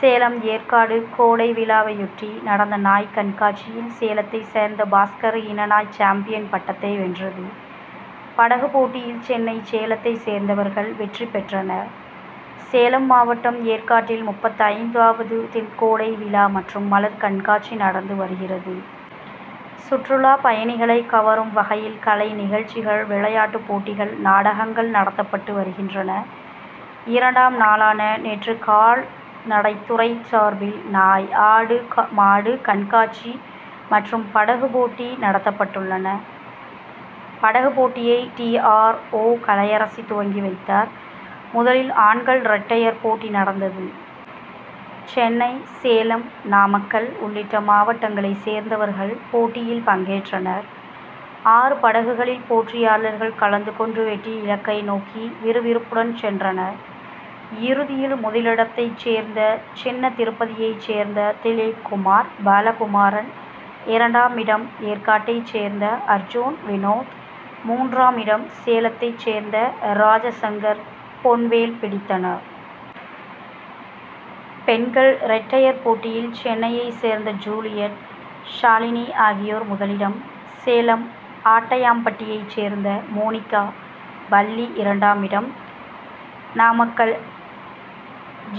சேலம் ஏற்காடு கோடை விழாவையொட்டி நடந்த நாய் கண்காட்சியில் சேலத்தைச் சேர்ந்த பாக்ஸர் இன நாய், சாம்பியன் பட்டத்தை வென்றது. படகுப் போட்டியில், சென்னை, சேலத்தைச் சேர்ந்தவர்கள் வெற்றி பெற்றனர். சேலம் மாவட்டம் ஏற்காட்டில் முப்பத்தைந்து வது கோடைவிழா மற்றும் மலர் கண்காட்சி நடந்து வருகிறது. சுற்றுலா பயணிகளை கவரும் வகையில் கலைநிகழ்ச்சிகள், விளையாட்டுப் போட்டிகள், நாடகங்கள் நடத்தப்பட்டு வருகின்றன. இரண்டாம் நாளான நேற்று கால்நடைத்துறை சார்பில் நாய், ஆடு, மாடு கண்காட்சி மற்றும் படகுப் போட்டி நடத்தப்பட்டன. படகுப் போட்டியை, டி. ஆர். ஓ., கலையரசி துவக்கி வைத்தார். முதலில் ஆண்கள் இரட்டையர் போட்டி நடந்தது. சென்னை, சேலம், நாமக்கல் உள்ளிட்ட மாவட்டங்களைச் சேர்ந்தவர்கள் போட்டியில் பங்கேற்றனர். ஆறு படகுகளில் போட்டியாளர்கள் கலந்து கொண்டு வெற்றி இலக்கை நோக்கி விறுவிறுப்புடன் சென்றனர். இறுதியில், முதலிடத்தை சேர்ந்த சின்னதிருப்பதியைச் சேர்ந்த திலீப்குமார், பாலகுமாரன், இரண்டாமிடம் ஏற்காட்டைச் சேர்ந்த அர்ஜூன், வினோத், மூன்றாமிடம் சேலத்தைச் சேர்ந்த ராஜாசங்கர், பொன்வேல் பிடித்தனர். பெண்கள் இரட்டையர் போட்டியில், சென்னையைச் சேர்ந்த ஜூலியட், ஷாலினி ஆகியோர் முதலிடம், சேலம் ஆட்டையாம்பட்டியைச் சேர்ந்த மோனிகா, வள்ளி இரண்டாமிடம், நாமக்கல்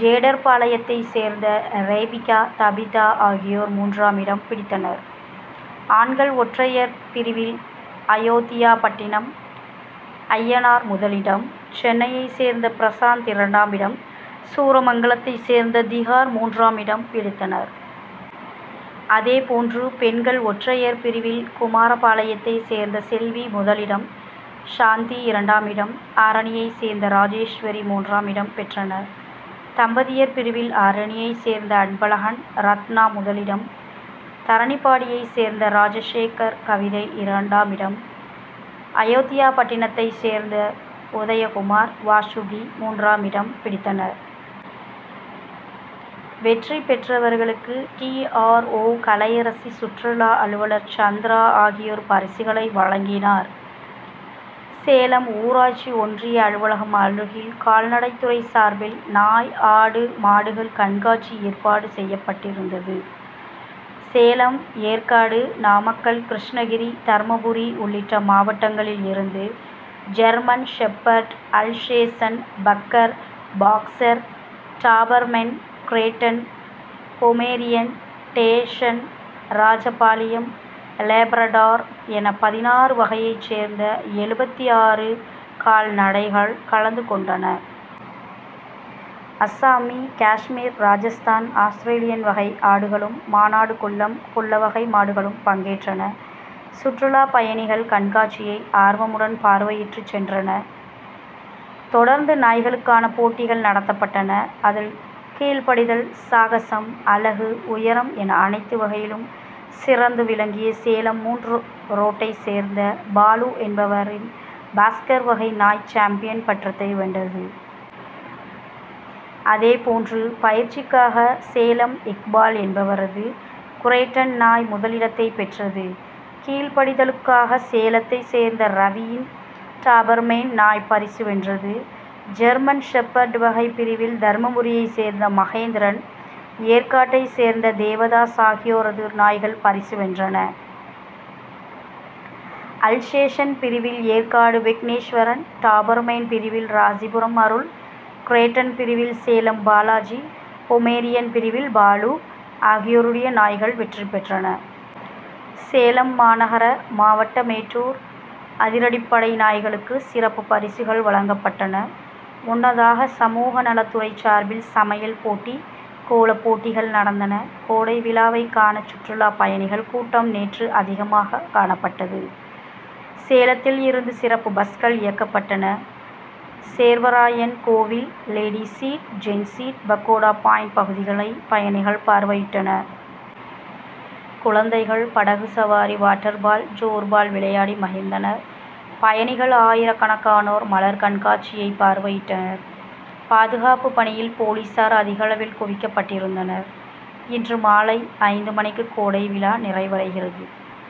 ஜேடர்பாளையத்தைச் சேர்ந்த ரேபிகா, தபிதா ஆகியோர் மூன்றாமிடம் பிடித்தனர். ஆண்கள் ஒற்றையர் பிரிவில், அயோத்தியாபட்டணம் அய்யனார் முதலிடம், சென்னையைச் சேர்ந்த பிரசாந்த் இரண்டாமிடம், சூரமங்கலத்தைச் சேர்ந்த திஹார் மூன்றாமிடம் பிடித்தனர். அதேபோன்று, பெண்கள் ஒற்றையர் பிரிவில், குமாரபாளையத்தைச் சேர்ந்த செல்வி முதலிடம், சாந்தி இரண்டாமிடம், ஆரணியைச் சேர்ந்த ராஜராஜேஸ்வரி மூன்றாமிடம் பெற்றனர். தம்பதியர் பிரிவில், ஆரணியைச் சேர்ந்த அன்பழகன், ரத்னா முதலிடம், தரணிபாடியைச் சேர்ந்த ராஜசேகர், கவிதா இரண்டாமிடம், அயோத்தியாபட்டணத்தைச் சேர்ந்த உதயகுமார், வாசுகி மூன்றாமிடம் பிடித்தனர். வெற்றி பெற்றவர்களுக்கு டி. ஆர். ஓ., கலையரசி, சுற்றுலா அலுவலர் சந்திரா ஆகியோர் பரிசுகளை வழங்கினர். சேலம் ஊராட்சி ஒன்றிய அலுவலகம் அருகில், கால்நடைத்துறை சார்பில் நாய், ஆடு, மாடுகள் கண்காட்சி ஏற்பாடு செய்யப்பட்டிருந்தது. சேலம், ஏற்காடு, நாமக்கல், கிருஷ்ணகிரி, தர்மபுரி உள்ளிட்ட மாவட்டங்களில் இருந்து ஜெர்மன்ஷெப்பர்டு, அல்சேஷன், பக்கர், boxer, Doberman, Great Dane, Pomeranian, dachshund, Rajapalayam, Labrador என பதினாறு வகையை சார்ந்த எழுபத்து ஆறு கால்நடைகள் கலந்து கொண்டன. அஸ்ஸாமி, காஷ்மீர், ராஜஸ்தான், ஆஸ்திரேலியன் வகை ஆடுகளும், மானாடுகுள்ளம் குள்ளவகை மாடுகளும் பங்கேற்றன. சுற்றுலா பயணிகள் கண்காட்சியை ஆர்வமுடன் பார்வையிட்டு சென்றனர். தொடர்ந்து நாய்களுக்கான போட்டிகள் நடத்தப்பட்டன. அதில், கீழ்படிதல், சாகசம், அழகு, உயரம் என அனைத்து வகையிலும் சிறந்து விளங்கிய சேலம் மூன்று ரோட்டைச் சேர்ந்த பாலு என்பவரின் பாக்ஸர் வகை நாய் சாம்பியன் பட்டத்தை வென்றது. அதே போன்று, பயிற்சிக்காக சேலம் இக்பால் என்பவரது கிரேட்டன் நாய் முதலிடத்தை பெற்றது. கீழ்படிதலுக்காக சேலத்தைச் சேர்ந்த ரவியின் டாபர்மேன் நாய் பரிசு வென்றது. ஜெர்மன் ஷெப்பர்டு வகை பிரிவில் தர்மபுரியைச் சேர்ந்த மகேந்திரன், ஏற்காட்டைச் சேர்ந்த தேவதாஸ் ஆகியோரது நாய்கள் பரிசு வென்றன. அல்சேஷன் பிரிவில் ஏற்காடு விக்னேஸ்வரன், டாபர்மேன் பிரிவில் ராசிபுரம் அருள், கிரேட்டன் பிரிவில் சேலம் பாலாஜி, பொமேரியன் பிரிவில் பாலு ஆகியோருடைய நாய்கள் வெற்றி பெற்றன. சேலம் மாநகர, மாவட்ட, மேட்டூர் அதிரடிப்படை நாய்களுக்கு சிறப்பு பரிசுகள் வழங்கப்பட்டன. முன்னதாக, சமூக நலத்துறை சார்பில் சமையல் போட்டி, கோலப்போட்டிகள் நடந்தன. கோடை விழாவை காண சுற்றுலா பயணிகள் கூட்டம் நேற்று அதிகமாக காணப்பட்டது. சேலத்தில் இருந்து சிறப்பு பஸ்கள் இயக்கப்பட்டன. சேர்வராயன் கோவில், ladies seat, gents seat, pakoda point பகுதிகளை பயணிகள் பார்வையிட்டனர். குழந்தைகள் படகு சவாரி, வாட்டர் பால், ஜோர் பால் விளையாடி மகிழ்ந்தனர். பயணிகள் ஆயிரக்கணக்கானோர் மலர் கண்காட்சியை பார்வையிட்டனர். பாதுகாப்பு பணியில் போலீஸார் அதிகளவில் குவிக்கப்பட்டிருந்தனர். இன்று மாலை ஐந்து மணிக்கு கோடைவிழா நிறைவடைகிறது.